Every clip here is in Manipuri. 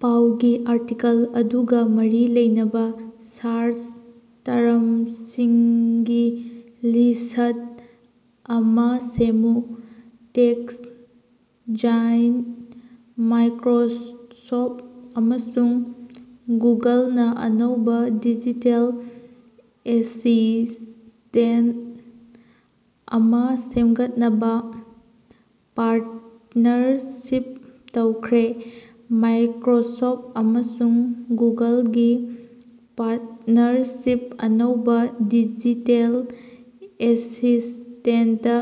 ꯄꯥꯎꯒꯤ ꯑꯥꯔꯇꯤꯀꯜ ꯑꯗꯨꯒꯥ ꯃꯔꯤ ꯂꯩꯅꯕꯥ ꯁꯥꯔꯆ ꯇꯔꯝꯁꯤꯡꯒꯤ ꯂꯤꯁ꯭ꯠ ꯑꯃꯥ ꯁꯦꯝꯃꯨ꯫ ꯇꯦꯛ ꯖꯥꯏꯟꯠ ꯃꯥꯏꯀꯔꯣꯁꯣꯐꯠ ꯑꯃꯁꯨꯡ ꯒꯨꯒꯜꯅꯥ ꯑꯅꯧꯕꯥ ꯗꯤꯖꯤꯇꯦꯜ ꯑꯦꯁꯤꯁ꯭ꯇꯦꯟꯇ ꯑꯃꯥ ꯁꯦꯝꯒꯠꯅꯕꯥ ꯄꯥꯔꯇꯅꯔꯁꯤꯞ ꯇꯧꯈ꯭ꯔꯦ꯫ ꯃꯥꯏꯀꯔꯣꯁꯣꯐ ꯑꯃꯁꯨꯡ ꯒꯨꯒꯜꯒꯤ ꯄꯥꯔꯇꯅꯔꯁꯤꯞ ꯑꯅꯧꯕꯥ ꯗꯤꯖꯤꯇꯦꯜ ꯑꯦꯁꯤꯁ꯭ꯇꯦꯟꯇ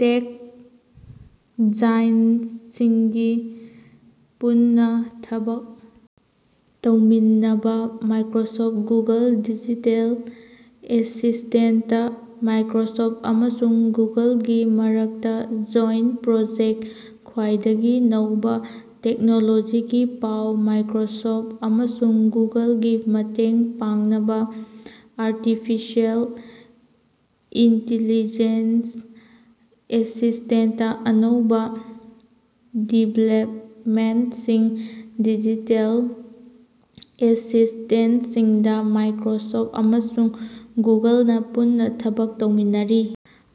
ꯇꯦꯛ ꯖꯥꯏꯟꯠꯁꯤꯡꯒꯤ ꯄꯨꯟꯅꯥ ꯊꯕꯛ ꯇꯧꯃꯤꯟꯅꯕꯥ Microsoft Google digital assistant Microsoft ꯑꯃꯁꯨꯡ ꯒꯨꯒꯜꯒꯤ ꯃꯔꯛꯇꯥ ꯖꯣꯏꯟꯇ ꯄ꯭ꯔꯣꯖꯦꯛ ꯈ꯭ꯋꯥꯏꯗꯒꯤ ꯅꯧꯕꯥ ꯇꯦꯛꯅꯣꯂꯣꯖꯤꯒꯤ ꯄꯥꯎ ꯃꯥꯏꯀꯔꯣꯁꯣꯐ ꯑꯃꯁꯨꯡ ꯒꯨꯒꯜꯒꯤ ꯃꯇꯦꯡ ꯄꯥꯡꯅꯕ ꯑꯥꯔꯇꯤꯐꯤꯁꯤꯑꯦꯜ ꯏꯟꯇꯤꯂꯤꯖꯦꯟꯁ ꯑꯦꯁꯤꯁ꯭ꯇꯦꯟꯇ ꯑꯅꯧꯕ ꯗꯤꯕꯦꯂꯞꯃꯦꯟꯠꯁꯤꯡ꯫ ꯗꯤꯖꯤꯇꯦꯜ ꯑꯦꯁꯤꯁ꯭ꯇꯦꯟꯠꯁꯤꯡꯗ ꯃꯥꯏꯀꯔꯣꯁꯣꯐ ꯑꯃꯁꯨꯡ ꯒꯨꯒꯜꯅ ꯄꯨꯟꯅ ꯊꯕꯛ ꯇꯧꯃꯤꯟꯅꯔꯤ꯫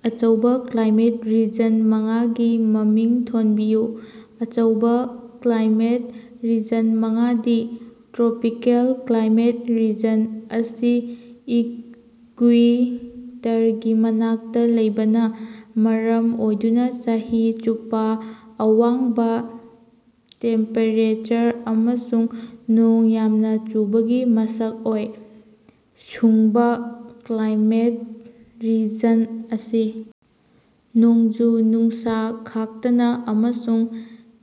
ꯑꯆꯧꯕꯥ ꯀ꯭ꯂꯥꯏꯃꯦꯠ ꯔꯤꯖꯟ ꯃꯉꯥꯒꯤ ꯃꯃꯤꯡ ꯊꯣꯟꯕꯤꯌꯨ꯫ ꯑꯆꯧꯕ ꯀ꯭ꯂꯥꯏꯃꯦꯠ ꯔꯤꯖꯟ ꯃꯉꯥꯗꯤ: ꯇ꯭ꯔꯣꯄꯤꯀꯦꯜ: ꯀ꯭ꯂꯥꯏꯃꯦꯠ ꯔꯤꯖꯟ ꯑꯁꯤ ꯏꯀꯌꯨꯏꯇꯔꯒꯤ ꯃꯅꯥꯛꯇꯥ ꯂꯩꯕꯅꯥ ꯃꯔꯝ ꯑꯣꯏꯗꯨꯅ ꯆꯍꯤ ꯆꯨꯞꯄꯥ ꯑꯋꯥꯡꯕꯥ ꯇꯦꯝꯄꯦꯔꯦꯆꯔ ꯑꯃꯁꯨꯡ ꯅꯣꯡ ꯌꯥꯝꯅ ꯆꯨꯕꯒꯤ ꯃꯁꯛ ꯑꯣꯏ꯫ ꯁꯨꯡꯕꯥ: ꯀ꯭ꯂꯥꯏꯃꯦꯠ ꯔꯤꯖꯟ ꯑꯁꯤ ꯅꯣꯡꯖꯨ ꯅꯨꯡꯁꯥ ꯈꯥꯛꯇꯅꯥ ꯑꯃꯁꯨꯡ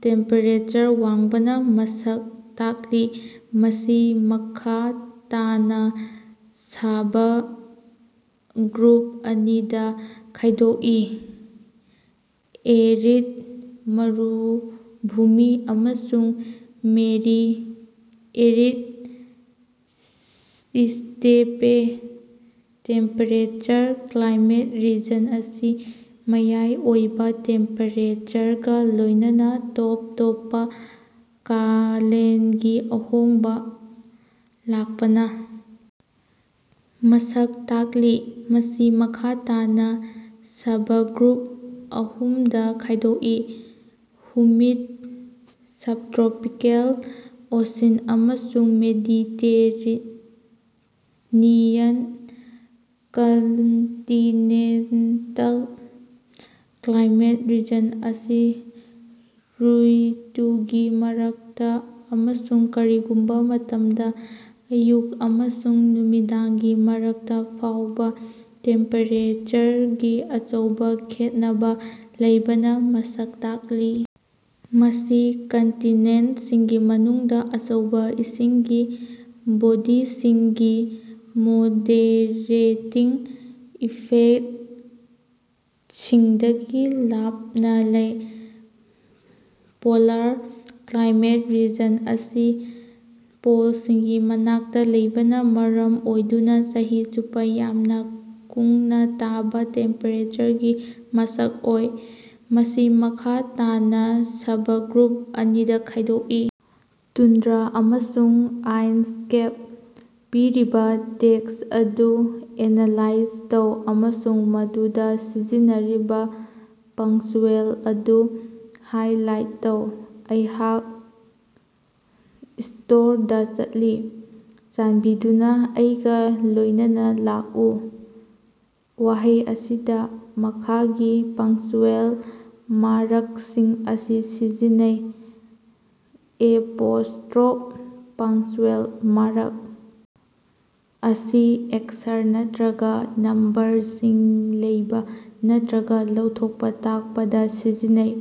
ꯇꯦꯝꯄꯦꯔꯦꯆꯔ ꯋꯥꯡꯕꯅꯥ ꯃꯁꯛ ꯇꯥꯛꯂꯤ꯫ ꯃꯁꯤ ꯃꯈꯥ ꯇꯥꯅꯥ ꯁꯕꯒ꯭ꯔꯨꯞ ꯑꯅꯤꯗꯥ ꯈꯥꯏꯗꯣꯛꯏ: ꯑꯦꯔꯤꯗ ꯃꯔꯨꯚꯨꯃꯤ ꯑꯃꯁꯨꯡ semi arid steppe. Temperature climate region ꯑꯁꯤ ꯃꯌꯥꯏ ꯑꯣꯏꯕ ꯇꯦꯝꯄꯦꯔꯦꯆꯔꯒꯥ ꯂꯣꯏꯅꯅꯥ ꯇꯣꯞ ꯇꯣꯞꯄꯥ ꯀꯥꯂꯦꯟꯒꯤ ꯑꯍꯣꯡꯕ ꯂꯥꯛꯄꯅꯥ ꯃꯁꯛ ꯇꯥꯛꯂꯤ꯫ ꯃꯁꯤ ꯃꯈꯥ ꯇꯥꯅꯥ ꯁꯕꯒ꯭ꯔꯨꯞ ꯑꯍꯨꯝꯗꯥ ꯈꯥꯏꯗꯣꯛꯏ: ꯍꯨꯃꯤꯗ ꯁꯕꯇ꯭ꯔꯣꯄꯤꯀꯦꯜ, ꯑꯣꯁꯤꯟ ꯑꯃꯁꯨꯡ ꯃꯦꯗꯤꯇꯦꯔꯦꯅꯤꯌꯟ꯫ ꯀꯟꯇꯤꯅꯦꯟꯇꯜ: ꯀ꯭ꯂꯥꯏꯃꯦꯠ ꯔꯤꯖꯟ ꯑꯁꯤ ꯔ꯭ꯏꯇꯨꯒꯤ ꯃꯔꯛꯇ ꯑꯃꯁꯨꯡ ꯀꯔꯤꯒꯨꯝꯕ ꯃꯇꯝꯗ ꯑꯌꯨꯛ ꯑꯃꯁꯨꯡ ꯅꯨꯃꯤꯗꯥꯡꯒꯤ ꯃꯔꯛꯇꯥ ꯐꯥꯎꯕ ꯇꯦꯝꯄꯦꯔꯦꯆꯔꯒꯤ ꯑꯆꯧꯕ ꯈꯦꯠꯅꯕꯥ ꯂꯩꯕꯅꯥ ꯃꯁꯛ ꯇꯥꯛꯂꯤ꯫ ꯃꯁꯤ ꯀꯟꯇꯤꯅꯦꯟꯠꯁꯤꯡꯒꯤ ꯃꯅꯨꯡꯗ, ꯑꯆꯧꯕꯥ ꯏꯁꯤꯡꯒꯤ ꯕꯣꯗꯤꯁꯤꯡꯒꯤ ꯃꯣꯗꯦꯔꯦꯇꯤꯡ ꯏꯐꯦꯛꯠꯁꯤꯡꯗꯒꯤ ꯂꯥꯞꯅ ꯂꯩ꯫ ꯄꯣꯂꯥꯔ: ꯀ꯭ꯂꯥꯏꯃꯦꯠ ꯔꯤꯖꯟ ꯑꯁꯤ ꯄꯣꯜꯁꯤꯡꯒꯤ ꯃꯅꯥꯛꯇ ꯂꯩꯕꯅ ꯃꯔꯝ ꯑꯣꯏꯗꯨꯅ ꯆꯍꯤ ꯆꯨꯞꯄ ꯌꯥꯝꯅ ꯀꯨꯡꯅ ꯇꯥꯕ ꯇꯦꯝꯄꯦꯔꯦꯆꯔꯒꯤ ꯃꯁꯛ ꯑꯣꯏ꯫ ꯃꯁꯤ ꯃꯈꯥ ꯇꯥꯅꯥ ꯁꯕꯒ꯭ꯔꯨꯞ ꯑꯅꯤꯗꯥ ꯈꯥꯏꯗꯣꯛꯏ: ꯇꯨꯟꯗ꯭ꯔꯥ ꯑꯃꯁꯨꯡ ꯑꯥꯏꯁ ꯀꯦꯞ꯫ ꯄꯤꯔꯤꯕꯥ ꯇꯦꯛꯁ ꯑꯗꯨ ꯑꯦꯅꯥꯂꯥꯏꯖ ꯇꯧ ꯑꯃꯁꯨꯡ ꯃꯗꯨꯗꯥ ꯁꯤꯖꯤꯟꯅꯔꯤꯕꯥ ꯄꯪꯆ꯭ꯌꯨꯑꯦꯜ ꯑꯗꯨ ꯍꯥꯏꯂꯥꯏꯠ ꯇꯧ꯫ ꯑꯩꯍꯥꯛ ꯁ꯭ꯇꯣꯔꯗꯥ ꯆꯠꯂꯤ꯫ ꯆꯥꯟꯕꯤꯗꯨꯅꯥ ꯑꯩꯒ ꯂꯣꯏꯅꯅ ꯂꯥꯛꯎ꯫ ꯋꯥꯍꯩ ꯑꯁꯤꯗ ꯃꯈꯥꯒꯤ ꯄꯪꯆ꯭ꯌꯨꯑꯦꯜ ꯃꯥꯔꯛꯁꯤꯡ ꯑꯁꯤ ꯁꯤꯖꯤꯟꯅꯩ: ꯑꯦꯄꯣꯁ꯭ꯇꯔꯣꯐ ꯄꯪꯆ꯭ꯌꯨꯑꯦꯜ ꯃꯥꯔꯛ ꯑꯁꯤ ꯑꯛꯁꯔ ꯅꯠꯇꯔꯒ ꯅꯝꯕꯔꯁꯤꯡ ꯂꯩꯕ ꯅꯠꯇꯔꯒ ꯂꯧꯊꯣꯛꯄ ꯇꯥꯛꯄꯗ ꯁꯤꯖꯤꯟꯅꯩ꯫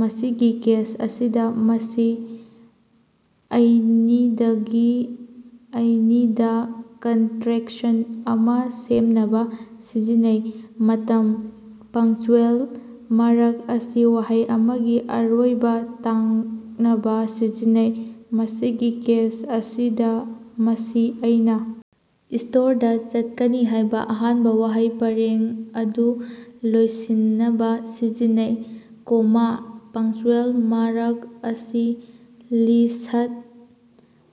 ꯃꯁꯤꯒꯤ ꯀꯦꯁ ꯑꯁꯤꯗ, ꯃꯁꯤ ꯑꯩꯅꯤꯗꯒꯤ ꯑꯩꯅꯤꯗꯥ ꯀꯟꯇꯔꯦꯛꯁꯟ ꯑꯃꯥ ꯁꯦꯝꯅꯕ ꯁꯤꯖꯤꯟꯅꯩ꯫ ꯃꯇꯝ: ꯄꯪꯆ꯭ꯌꯨꯑꯦꯜ ꯃꯥꯔꯛ ꯑꯁꯤ ꯋꯥꯍꯩ ꯑꯃꯒꯤ ꯑꯔꯣꯏꯕ ꯇꯥꯛꯅꯕꯥ ꯁꯤꯖꯤꯟꯅꯩ꯫ ꯃꯁꯤꯒꯤ ꯀꯦꯁ ꯑꯁꯤꯗꯥ, ꯃꯁꯤ ꯑꯩꯅꯥ ꯁ꯭ꯇꯣꯔꯗꯥ ꯆꯠꯀꯅꯤ ꯍꯥꯏꯕ ꯑꯍꯥꯟꯕ ꯋꯥꯍꯩ ꯄꯔꯦꯡ ꯑꯗꯨ ꯂꯣꯏꯁꯤꯟꯅꯕ ꯁꯤꯖꯤꯟꯅꯩ꯫ ꯀꯣꯃꯥ: ꯄꯪꯆ꯭ꯌꯨꯑꯦꯜ ꯃꯥꯔꯛ ꯑꯁꯤ ꯂꯤꯁ꯭ꯠ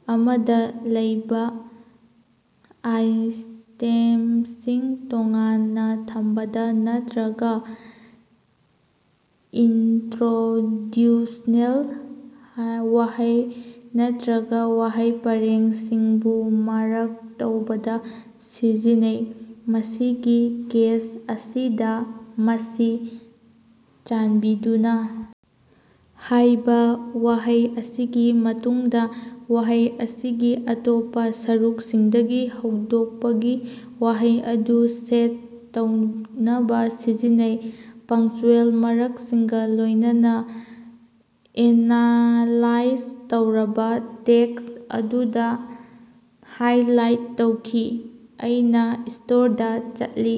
ꯑꯃꯗꯥ ꯂꯩꯕꯥ ꯑꯥꯏꯇꯦꯝꯁꯤꯡ ꯇꯣꯉꯥꯟꯅ ꯊꯝꯕꯗ ꯅꯠꯇꯔꯒꯥ ꯏꯅꯇꯔꯣꯗ꯭ꯌꯨꯁꯅꯦꯜ ꯋꯥꯍꯩ ꯅꯠꯇꯔꯒ ꯋꯥꯍꯩ ꯄꯔꯦꯡꯁꯤꯡꯕꯨ ꯃꯥꯔꯛ ꯇꯧꯕꯗ ꯁꯤꯖꯤꯟꯅꯩ꯫ ꯃꯁꯤꯒꯤ ꯀꯦꯁ ꯑꯁꯤꯗꯥ, ꯃꯁꯤ ꯆꯥꯟꯕꯤꯗꯨꯅꯥ ꯍꯥꯏꯕ ꯋꯥꯍꯩ ꯑꯁꯤꯒꯤ ꯃꯇꯨꯡꯗ ꯋꯥꯍꯩ ꯑꯁꯤꯒꯤ ꯑꯇꯣꯞꯄ ꯁꯔꯨꯛꯁꯤꯡꯗꯒꯤ ꯍꯧꯗꯣꯛꯄꯒꯤ ꯋꯥꯍꯩ ꯑꯗꯨ ꯁꯦꯠ ꯇꯧꯅꯕꯥ ꯁꯤꯖꯤꯟꯅꯩ꯫ ꯄꯪꯆ꯭ꯌꯨꯑꯦꯜ ꯃꯥꯔꯛꯁꯤꯡꯒ ꯂꯣꯏꯅꯅ ꯑꯦꯅꯥꯂꯥꯏꯖ ꯇꯧꯔꯕ ꯇꯦꯛꯁ ꯑꯗꯨꯗꯥ ꯍꯥꯏꯂꯥꯏꯠ ꯇꯧꯈꯤ: ꯑꯩꯅꯥ ꯁ꯭ꯇꯣꯔꯗꯥ ꯆꯠꯂꯤ꯫